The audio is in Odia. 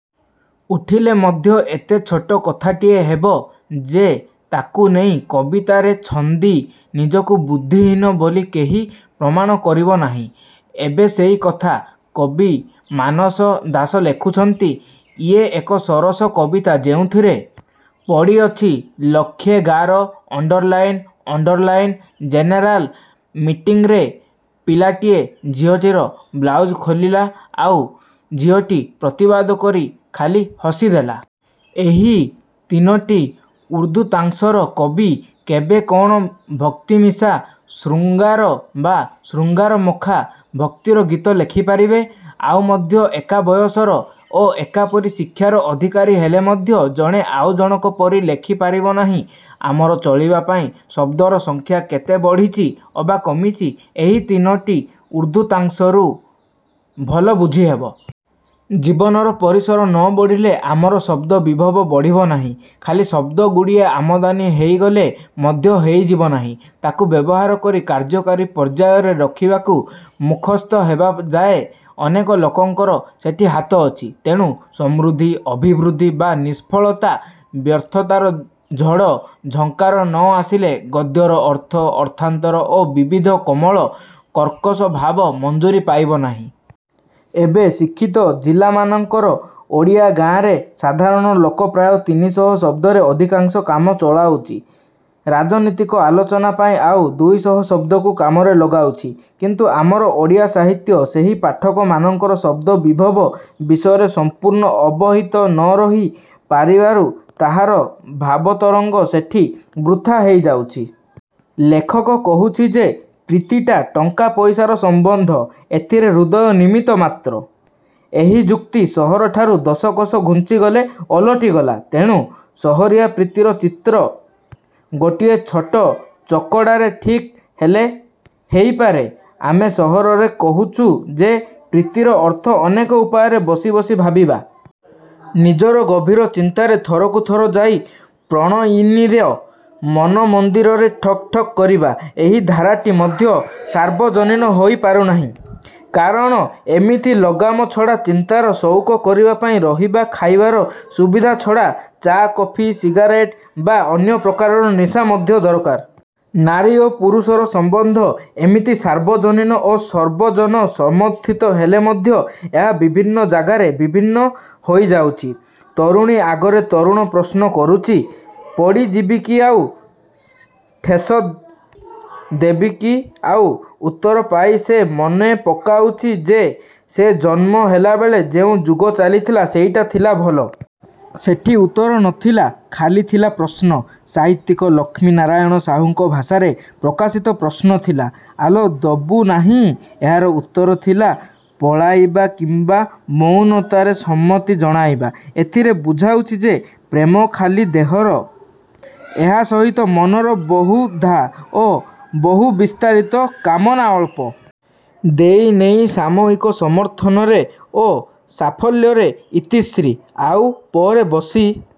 ଉଠିଲେ ମଧ୍ୟ ଏତେ ଛୋଟ କଥାଟିଏ ହେବ ଯେ ତା'କୁ ନେଇ କବିତାରେ ଛନ୍ଦି ନିଜକୁ ବୁଦ୍ଧିହୀନ ବୋଲି କେହି ପ୍ରମାଣ କରିବ ନାହିଁ। ଏବେ ସେଇ କଥା କବି ମାନସ ଦାସ ଲେଖୁଛନ୍ତି। ଇଏ ଏକ ସରସ କବିତା ଯେଉଁଥିରେ ପଡ଼ିଅଛି ଲକ୍ଷେ ଗାର underline underline general ମିଟିଂରେ ପିଲାଟିଏ ଝିଅଟିର ବ୍ଲାଉସ୍ ଖୋଲିଲା ଆଉ ଝିଅଟି ପ୍ରତିବାଦ କରି ଖାଲି ହସି ଦେଲା। ଏହି ତିନୋଟି ଉଦ୍ଧୃତାଂଶର କବି କେବେ କ'ଣ ଭକ୍ତିମିଶା ଶୃଙ୍ଗାର ବା ଶୃଙ୍ଗାରମଖା ଭକ୍ତିର ଗୀତ ଲେଖିପାରିବେ? ଆଉ ମଧ୍ୟ ଏକା ବୟସର ଓ ଏକାପରି ଶିକ୍ଷାର ଅଧିକାରୀ ହେଲେ ମଧ୍ୟ ଜଣେ ଆଉ ଜଣକ ପରି ଲେଖି ପାରିବ ନାହିଁ। ଆମର ଚଳିବାପାଇଁ ଶଦ୍ଦର ସଂଖ୍ୟା କେତେ ବଢ଼ିଛି ଅବା କମିଛି ଏହି ତିନୋଟି ଉଦ୍ଧୃତାଂଶରୁ ଭଲ ବୁଝିହବ। ଜୀବନର ପରିସର ନ ବଢ଼ିଲେ ଆମର ଶଦ୍ଦ ବିଭବ ବଢ଼ିବ ନାହିଁ। ଖାଲି ଶଦ୍ଦଗୁଡ଼ିଏ ଆମଦାନୀ ହେଇଗଲେ ମଧ୍ୟ ହେଇଯିବ ନାହିଁ। ତାକୁ ବ୍ୟବହାର କରି କାର୍ଯ୍ୟକାରୀ ପର୍ଯ୍ୟାୟରେ ରଖିବାକୁ ମୁଖସ୍ଥ ହେବା ଯାଏ ଅନେକ ଲୋକଙ୍କର ସେଠି ହାତ ଅଛି। ତେଣୁ। ସମୃଦ୍ଧି, ଅଭିବୃଦ୍ଧି ବା ନିଷ୍ଫଳତା ବ୍ୟର୍ଥତାର ଝଡ଼ ଝଙ୍କାର ନ ଆସିଲେ ଗଦ୍ୟର ଅର୍ଥ, ଅର୍ଥାନ୍ତର ଓ ବିବିଧ କୋମଳ କର୍କଶ ଭାବ ମଞ୍ଜୁରି ପାଇବ ନାହିଁ। ଏବେ ଶିକ୍ଷିତ ଜିଲାମାନଙ୍କର ଓଡ଼ିଆ ଗାଁରେ ସାଧାରଣ ଲୋକ ପ୍ରାୟ ତିନିଶହ ଶଦ୍ଦରେ ଅଧିକାଂଶ କାମ ଚଳାଉଛି। ରାଜନୀତିକ ଆଲୋଚନା ପାଇଁ ଆଉ ଦୁଇଶହ ଶଦ୍ଦକୁ କାମରେ ଲଗାଉଛି। କିନ୍ତୁ ଆମର ଓଡ଼ିଆ ସାହିତ୍ୟ ସେହି ପାଠକମାନଙ୍କର ଶଦ୍ଦବିଭବ ବିଷୟରେ ସଂପୂର୍ଣ୍ଣ ଅବହିତ ନ ରହି ପାରିବାରୁ ତାହାର ଭାବତରଙ୍ଗ ସେଠି ବୃଥା ହେଇଯାଉଛି। ଲେଖକ କହୁଛି ଯେ ପ୍ରୀତିଟା ଟଙ୍କା ପଇସାର ସମ୍ୱନ୍ଧ-ଏଥିରେ ହୃଦୟ ନିମିତ୍ତ ମାତ୍ର। ଏହି ଯୁକ୍ତି ସହରଠାରୁ ଦଶକୋଶ ଘୁଞ୍ଚିଗଲେ ଓଲଟି ଗଲା। ତେଣୁ ସହରିଆ ପ୍ରୀତିର ଚିତ୍ର ଗୋଟିଏ ଛୋଟ ଚକଡ଼ାରେ ଠିକ୍ ହେଲେ ହେଇପାରେ। ଆମେ ସହରରେ କହୁଛୁ ଯେ ପ୍ରୀତିର ଅର୍ଥ ଅନେକ ଉପାୟରେ ବସି ବସି ଭାବିବା। ନିଜର ଗଭୀର ଚିନ୍ତାରେ ଥରକୁ ଥର ଯାଇ ପ୍ରଣୟିନୀର ମନ ମନ୍ଦିରରେ ଠକ୍ ଠକ୍ କରିବା। ଏହି ଧାରାଟି ମଧ୍ୟ ସାର୍ବଜନୀନ ହୋଇ ପାରୁନାହିଁ। କାରଣ ଏମିତି ଲଗାମ ଛଡ଼ା ଚିନ୍ତାର ସଉକ କରିବା ପାଇଁ ରହିବା ଖାଇବାର ସୁବିଧା ଛଡ଼ା ଚା'କଫି ସିଗାରେଟ୍ ବା ଅନ୍ୟ ପ୍ରକାରର ନିଶା ମଧ୍ୟ ଦରକାର। ନାରୀ ଓ ପୁରୁଷର ସମ୍ୱନ୍ଧ ଏମିତି ସାର୍ବଜନୀନ ଓ ସର୍ବଜନ ସମର୍ଥିତ ହେଲେ ମଧ୍ୟ ଏହା ବିଭିନ୍ନ ଯାଗାରେ ବିଭିନ୍ନ ହୋଇଯାଉଛି। ତରୁଣୀ ଆଗରେ ତରୁଣ ପ୍ରଶ୍ନ କରୁଛି। ପଡ଼ି ଯିବି କି ଆଉ? ଠେସ ଦେବି କି ଆଉ? ଉତ୍ତର ପାଇ ସେ ମନେ ପକାଉଛି ଯେ ସେ ଜନ୍ମ ହେଲାବେଳେ ଯେଉଁ ଯୁଗ ଚାଲିଥିଲା ସେଇଟା ଥିଲା ଭଲ। ସେଠି ଉତ୍ତର ନଥିଲା-ଖାଲି ଥିଲା ପ୍ରଶ୍ନ। ସାହିତ୍ୟିକ ଲକ୍ଷ୍ମୀନାରାୟଣ ସାହୁଙ୍କ ଭାଷାରେ ପ୍ରକାଶିତ ପ୍ରଶ୍ନ ଥିଲା? ଆଲୋ, ଦବୁ ନାହିଁ? ଏହାର ଉତ୍ତର ଥିଲା ପଳାଇବା କିମ୍ୱା ମୌନତାରେ ସମ୍ମତି ଜଣାଇବା। ଏଥିରେ ବୁଝାଉଛି ଯେ ପ୍ରେମ ଖାଲି ଦେହର। ଏହା ସହିତ ମନର ବହୁଧା ଓ ବହୁବିସ୍ତାରିତ କାମନା ଅଳ୍ପ। ଦେଇ ନେଇ ସାମୟିକ ସମର୍ଥନରେ ଓ ସାଫଲ୍ୟରେ ଇତିଶ୍ରୀ। ଆଉ ପରେ ବସି